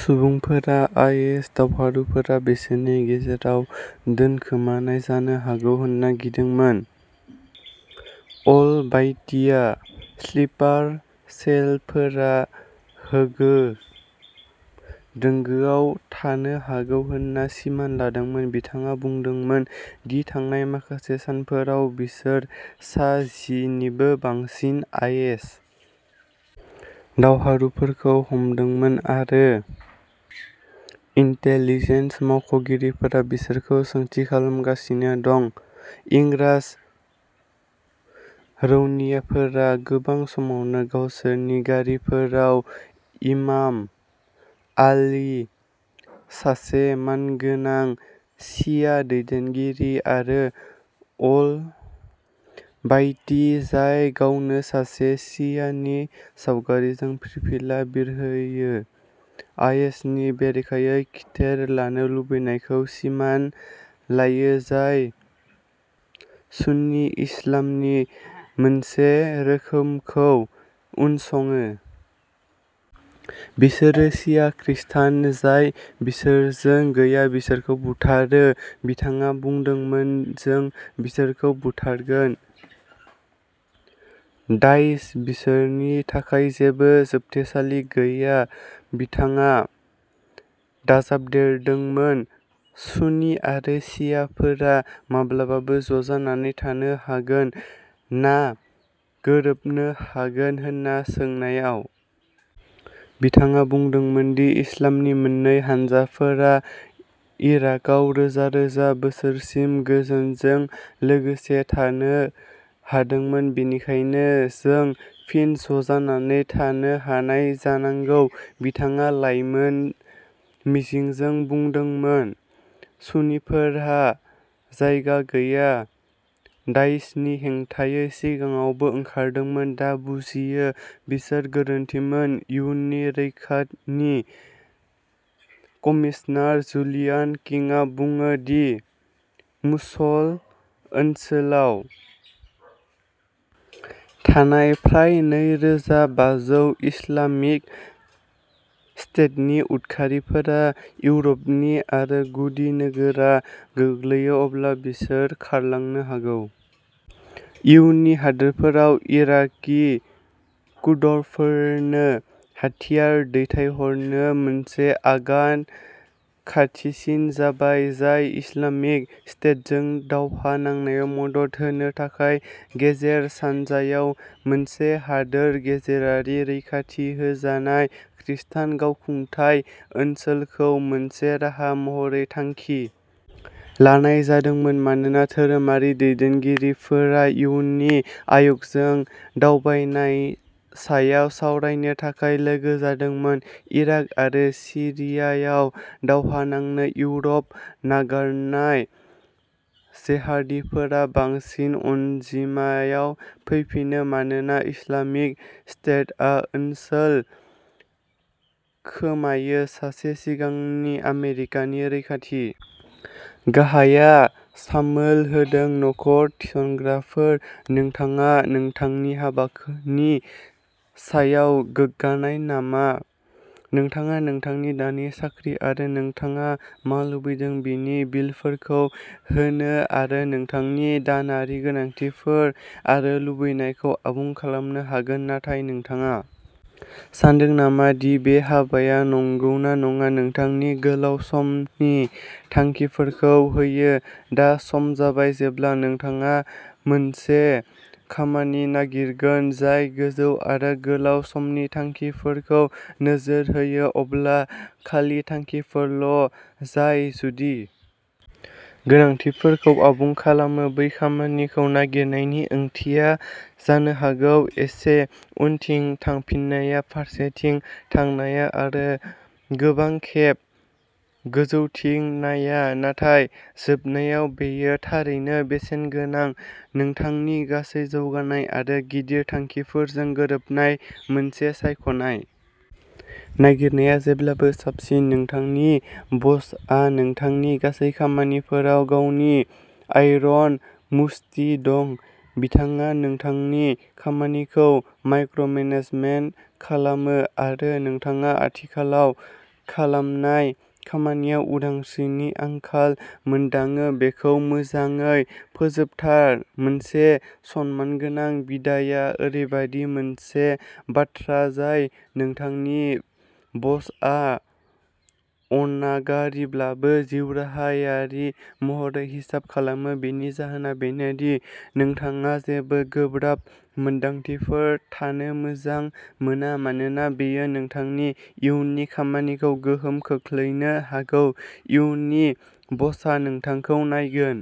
सुबुंफोरा आइएस दावहारुफोरा बिसोरनि गेजेराव दोनखोमानाय जानो हागौ होन्ना गिदोंमोन अल-बायतिआ स्लिपार सेल फोरा होंगो दोंगोआव थानो हागौ होन्ना सिमान लादोंमोन बिथाङा बुंदोंमोन दि थांनाय माखासे सानफोराव बिसोर सा जि निबो बांसिन आइएस दावहारुफोरखौ हमदोंमोन आरो इन्टेलिजेन्स मावख'गिरिफोरा बिसोरखौ सोंथि खालामगासिनो दं इंरास रौनियाफोरा गोबां समावनो गावसोरनि गारिफोराव इमाम आलि सासे मानगोनां शिया दैदेनगिरि आरो अल बायती जाय गावनो सासे शिया नि सावगारिजों फिरफिला बिरहोयो आइएसनि बेरेखायै खिथेर लानो लुबैनायखौ सिमान लायो जाय सुन्नी इस्लामनि मोनसे रोखोमखौ उनसङो। बिसोरो शिया खृस्टान जाय बिसोरजों गैया बिसोरखौ बुथारो बिथाङा बुंदोंमोन जों बिसोरखौ बुथारगोन दाएस बिसोरनि थाखाय जेबो जोबथेसालि गैया बिथाङा दाजाबदेरदोंमोन सुन्नी आरो शियाफोरा माब्लाबाबो ज'जानानै थानो हागोन ना गोरोबनो हागोन होन्ना सोंनायाव बिथाङा बुंदोंमोन दि इस्लामनि मोन्नै हानजाफोरा इराकाव रोजा रोजा बोसोरसिम गोजोनजों लोगोसे थानो हादोंमोन बेनिखायनो जों फिन ज'जानानै थानो हानाय जानांगौ बिथाङा लाइमोन मिजिंजों बुंदोंमोन सुन्नीफोर जायहा गैया दाइशनि हेंथायै सिगाङावबो ओंखारदोंमोन दा बुजियो बिसोर गोरोन्थिमोन इयुनि रैखाथि कमिसनार जुलियान किंआ बुङो दि मसुल ओनसोलाव थानाय फ्राय नै रोजा बाजौ इस्लामिक स्टेटनि उदखारिफोरा इउर'पनि आरो जुदि नोगोरआ गोग्लैयो अब्ला बिसोर खारलांनो हागौ। इयुनि हादोरफोरा इराकी कुर्दिफोरनो हाथियार दैथायहरनो मोनसे आगान खाथिसिन जाबाय जाय इस्लामिक स्टेटजों दावहा नांनायाव मदद होनो थाखाय गेजेर सानजायाव मोनसे हादोर गेजेरारि रैखाथि होजानाय खृस्टान गावखुंथाय ओनसोल खौ मोनसे राहा महरै थांखि लानाय जादों मानोना धोरोमारि दैदेनगिरिफोरा इयुनि आय'गजों दावबायनायनि सायाव सावरायनो थाखाय लोगो जादोंमोन इराक आरो सिरियायाव दावहा नांनो इउर'प नागारनाय जेहादीफोरा बांसिन अनजिमायाव फैफिनो मानोना इस्लामिक स्टेटआ ओनसोल खोमायो सासे सिगांनि आमेरिकानि रैखाथि गाहायआ सामोल होदों नखर थिसनग्राफोर नोंथाङा नोंथांनि हाबानि सायाव गोग्गानाय नामा नोंथाङा नोंथांनि दानि साख्रि आरो नोंथाङा मा लुबैदों बिनि बिलफोरखौ होनो आरो नोंथांनि दानारि गोनांथिफोर आरो लुबैनायखौ आबुं खालामनो हागोन नाथाय नोंथाङा सानदों नामा दि बे हाबाया नंगौना नङा नोंथांनि गोलाव समनि थांखिफोरखौ होयो दा सम जाबाय जेब्ला नोंथाङा मोनसे खामानि नागिरगोन जाय गोजौ आरो गोलाव समनि थांखिफोरखौ नोजोर होयो अब्ला खालि थांखिफोरल' जाय गुदि गोनांथिफोरखौ आबुं खालामो बै खामानिखौ नागिरनायनि ओंथिया जानो हागौ एसे उनथिं थांफिननाया फारसेथिं थांनाया आरो गोबां खेब गोजौथिं थांनाया नाथाय जोबनायाव बेयो थारैनो बेसेनगोनां नोंथांनि गासै जौगानाय आरो गिदिर थांखिफोरजों गोरोबनाय मोनसे सायख'नाय नागिरनाया जेब्लाबो साबसिन नोंथांनि बसआ नोंथांनि गासै खामानिफोराव गावनि आइर'न मुष्टि दं बिथाङा नोंथांनि खामानिखौ माइक्र'मेनेजमेन्ट खालामो आरो नोंथाङा आथिखालाव खालामनाय खामानियाव उदांस्रिनि आंखाल मोनदाङो बेखौ मोजाङै फोजोबथार मोनसे सनमानगोनां बिदाइआ ओरैबायदि मोनसे बाथ्रा जाय नोंथांनि बसआ अनागारिब्लाबो जिउराहायारि महरै हिसाब खालामो बेनि जाहोना बेनो दि नोंथाङा जेबो गोब्राब मोन्दांथिफोर थानो मोजां मोना मानोना बेयो नोंथांनि इयुननि खामानिखौ गोहोम खोख्लैनो हागौ इयुननि बसआ नोंथांखौ नायगोन।